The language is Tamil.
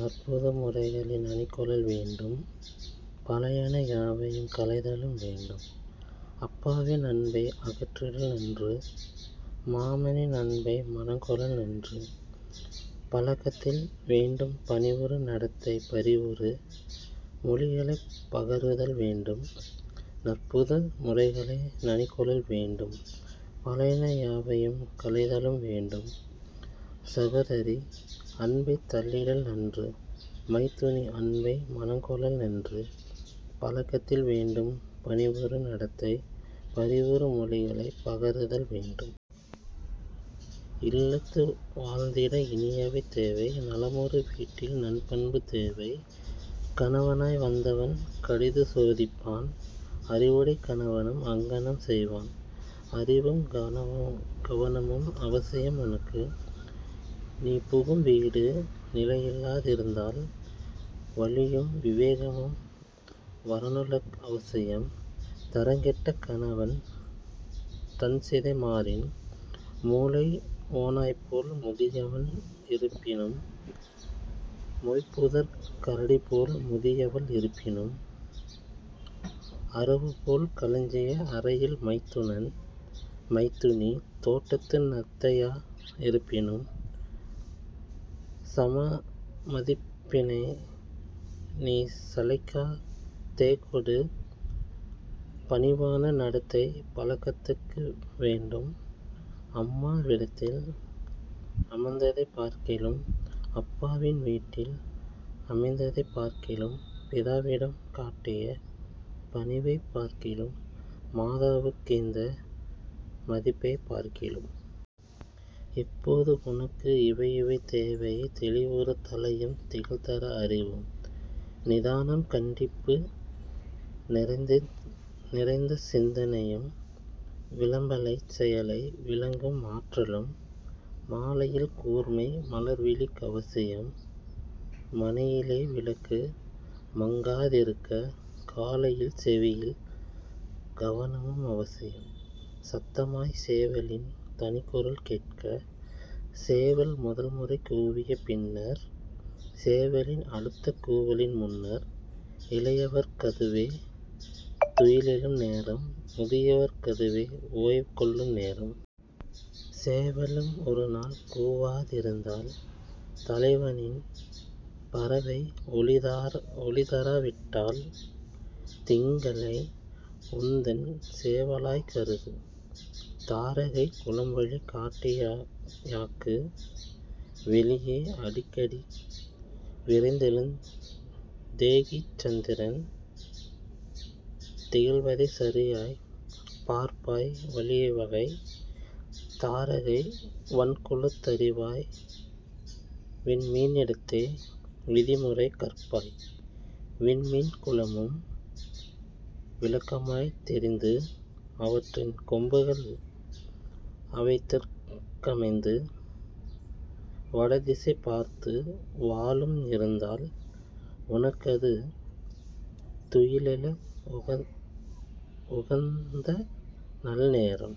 நற்புது முறைகளை நனிகொளல் வேண்டும் பழையன யாவையும் களைதலும் வேண்டும் அப்பாவின் அன்பை அகற்றிடல் நன்று மாமனின் அன்பை மனங்கொளல் நன்று பழக்கத்தில் வேண்டும் பணிவுறு நடத்தை பரிவுறு மொழிகளைப் பகருதல் வேண்டும். நற்புது முறைகளை நனிகொளல் வேண்டும் பழையன யாவையும் களைதலும் வேண்டும் சகோதரி அன்பைத் தள்ளிடல் நன்று மைத்துனி அன்பை மனங்கொளல் நன்று பழக்கத்தில் வேண்டும் பணிவுறு நடத்தை பரிவுறு மொழிகளைப் பகருதல் வேண்டும். இல்லத்து வாழ்ந்திட இனியவை தேவை நலமுறு வீட்டில் நன்பண்பு தேவை கணவனாய் வந்தவன் கடிதுசோ திப்பான் அறிவுடைக் கணவனும் அங்ஙனம் செய்வான். அறிவும் கவனமும் அவசியம் உனக்கு நீபுகும் வீடு நிலையிலா திருந்தால் வலியும் விவேகமும் வரனுலக் அவசியம் தரங்கெட்ட கணவன் தன்திசை மாறின். மூலைஓ நாய்போல் முதியவன் இருப்பினும் மொய்புதர்க் கரடிபோல் முதியவள் இருப்பினும் அரவுபோல் களஞ்சிய அறையில் மைத்துனன் மைத்துனி தோட்டத்து நத்தையா யிருப்பினும் சமமதிப் பினைநீ சளைக்கா தேகொடு பணிவான நடத்தை பழக்கத்து வேண்டும் அம்மா விடத்தில் அமைந்ததைப் பார்க்கிலும் அப்பாவின் வீட்டில் அமைந்ததைப் பார்க்கிலும் பிதாவிடம் காட்டிய பணிவைப் பார்க்கிலும் மாதாவுக் கீந்த மதிப்பைப் பார்க்கிலும். எப்போது உனக்கு இவையிவை தேவை தெளிவுறு தலையும் திகழ்தர அறிவும் நிதானம் கண்டிப்பு நிறைந்தசிந் தனையும் விளம்பலைச் செயலை விளங்கும் ஆற்றலும். மாலையில் கூர்மை மலர்விழிக் அவசியம் மனையிலே விளக்கு மங்கா திருக்க காலையில் செவியில் கவனமும் அவசியம் சத்தமாய்ச் சேவலின் தனிக்குரல் கேட்க. சேவல் முதல்முறை கூவிய பின்னர் சேவலின் அடுத்த கூவலின் முன்னர் இளையவர்க் கதுவே துயிலெழும் நேரம் முதியவர்க் கதுவே ஓய்வுகொள் நேரம். சேவலும் ஒருநாள் கூவா திருந்தால் தலைவனின் பறவை ஒலிதரா விட்டால் திங்களை உந்தன் சேவலாய்க் கருது தாரகைக் குலம்வழி காட்டியா யாக்கு. வெளியே அடிக்கடி விரைந்தெழுந் தேகி சந்திரன் திகழ்வதைச் சரியாய்ப் பார்ப்பாய் வழிவகை தாரகை வண்குலத் தறிவாய் விண்மீ னிடத்தே விதிமுறை கற்பாய். விண்மீன் குலமும் விளக்கமாய்த் தெரிந்து அவற்றின் கொம்புகள் அவைதெற் கமைந்து வடதிசை பார்த்து வாலும் இருந்தால் உனக்கது துயிலெழ உகந்தநல் நேரம்.